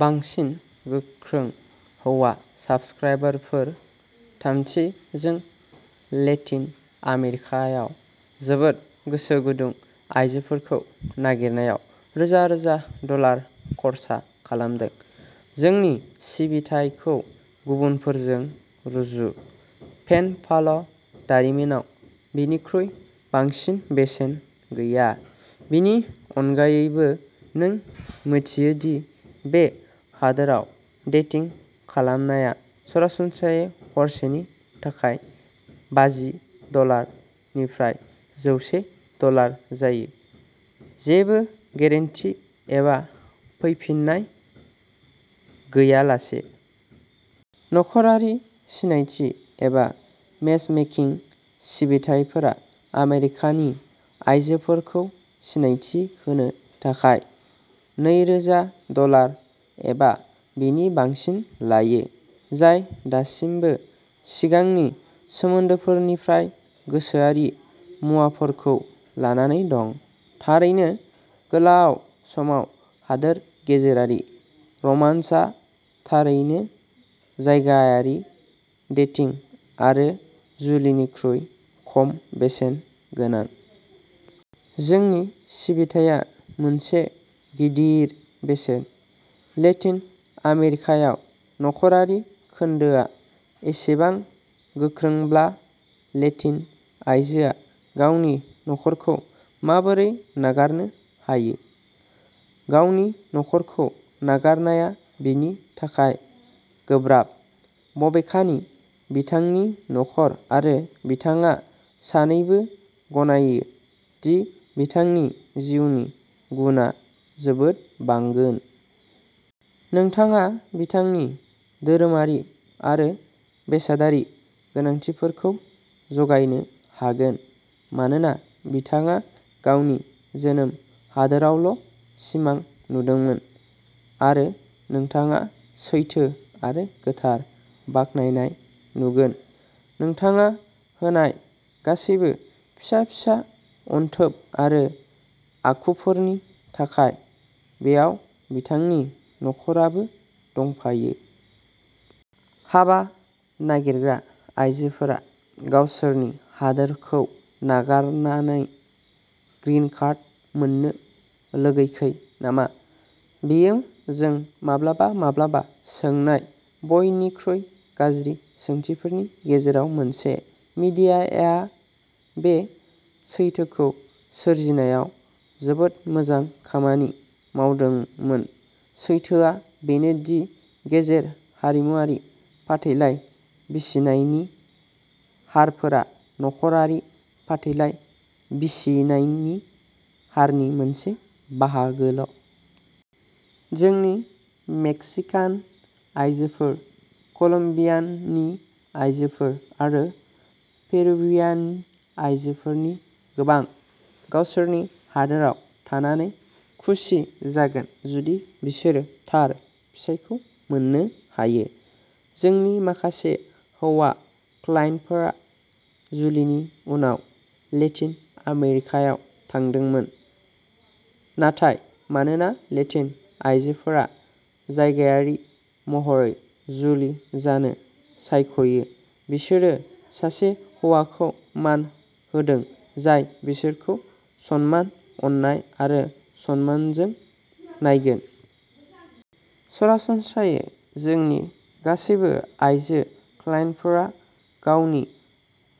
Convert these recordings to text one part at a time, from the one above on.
बांसिन गोख्रों हौवा साब्सक्राइबारफोर। थामथि, जों लेटिन आमेरिकायाव जोबोर गोसो गुदुं आयजोफोरखौ नागिरनायाव रोजा रोजा डलार खर्सा खालामदों। जोंनि सिबिथायखौ गुबुनफोरजों रुजु। पेन पाल' दारिमिनाव बेनिख्रुइ बांसिन बेसेन गैया। बेनि अनगायैबो, नों मिन्थियो दि बे हादोराव डेटिं खालामनाया सरासनस्रायै हरसेनि थाखाय बाजि डलार निफ्राइ जौसे डलार जायो, जेबो गेरेन्टि एबा फैफिन्नाय गैयालासे। न'खरारि सिनायथि एबा मेचमेकिं सिबिथाइफोरा आमेरिकानि आयजोफोरखौ सिनायथि होनो थाखाय नैरोजा डलार एबा बेनि बांसिन लायो, जाय दासिमबो सिगांनि सोमोन्दोफोरनिफ्राय गोसोआरि मुवाफोरखौ लानानै दं। थारैनो, गोलाव समाव हादोर गेजेरारि रमान्सआ थारैनो जायगायारि डेटिं आरो जुलिनिख्रुइ खम बेसेन गोनां। जोंनि सिबिथाया मोनसे गिदिर बेसेन, लेटिन आमेरिकायाव न'खरारि खोन्दोआ एसेबां गोख्रोंब्ला, लेटिन आयजोआ गावनि न'खरखौ माबोरै नागारनो हायो? गावनि न'खरखौ नागारनाया बिनि थाखाय गोब्राब। बबेखानि, बिथांनि न'खर आरो बिथाङा सानैबो गनायो दि बिथांनि जिउनि गुनआ जोबोद बांगोन। नोंथाङा बिथांनि धोरोमारि आरो बेसादारि गोनांथिफोरखौ जगायनो हागोन, मानोना बिथाङा गावनि जोनोम हादोरावल' सिमां नुदोंमोन। आरो नोंथाङा सैथो आरो गोथार बाख्नायनाय नुगोन। नोंथाङा होनाय गासैबो फिसा-फिसा अनथोब आरो आखुफोरनि थाखाय-बेयाव बिथांनि न'खराबो दंफायो। हाबा नागिरग्रा आइजोफोरा गावसोरनि हादोरखौ नागारनानै 'ग्रिनकार्ड' मोन्नो लुगैखै नामा? बेयो जों माब्लाबा-माब्लाबा सोंनाय बयनिख्रुइ गाज्रि सोंथिफोरनि गेजेराव मोनसे। मिडियाया बे सैथोखौ सोरजिनायाव जोबोद मोजां खामानि मावदोंमोन। सैथोआ बेनो दि गेजेर हारिमुआरि फाथैलाइ बिसिनायनि हारफोरा न'खरारि फाथैलाइ बिसिनायनि हारनि मोनसे बाहागोल'। जोंनि मेक्सिकान आयजोफोर, कलम्बियानि आयजोफोर, आरो पेरुवियान आयजोफोरनि गोबां। गावसोरनि हादोराव थानानै खुसि जागोन जुदि बिसोर थार फिसायखौ मोननो हायो। जोंनि माखासे हौवा क्लाइन्टफोरा जुलिनि उनाव लेटिन आमेरिकायाव थांदोंमोन! नाथाय, मानोना लेटिन आइजोफोरा जायगायारि महरै जुलि जानो सायख'यो, बिसोरो सासे हौवाखौ मान होदों जाय बिसोरखौ सनमान, अननाय आरो सनमानजों नायगोन। सरासनस्रायै जोंनि गासैबो आइजो क्लाइन्टफोरा गावनि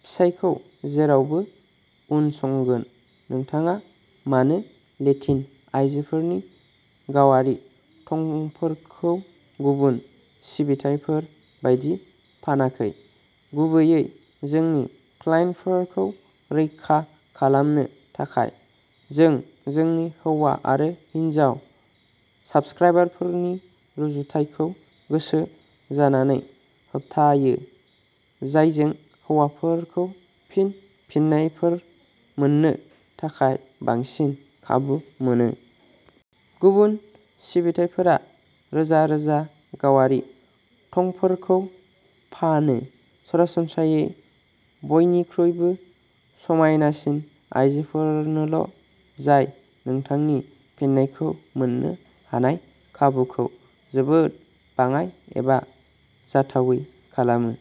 फिसायखौ जेरावबो उनसंगोन, नोंथाङा मानो लेटिन आइजोफोरनि गावारि थंफोरखौ गुबुन सिबिथाइफोर बायदि फानाखै? गुबैयै जोंनि क्लाइन्टफोरखौ रैखा खालामनो थाखाय। जों जोंनि हौवा आरो हिनजाव साबस्क्राइबारफोरनि रुजुथायखौ गोसो जानानै होबथायो, जायजों हौवाफोरखौ फिन फिननायफोर मोन्नो थाखाय बांसिन खाबु मोनो। गुबुन सिबिथाइफोरा रोजा रोजा गावारि थंफोरखौ फानो। सरासनस्रायै बयनिख्रुइबो समायनासिन आइजोफोरनोल', जाय नोंथांनि फिननायखौ मोन्नो हानाय खाबुखौ जोबोद बाङाइ एबा जाथावै खालामो।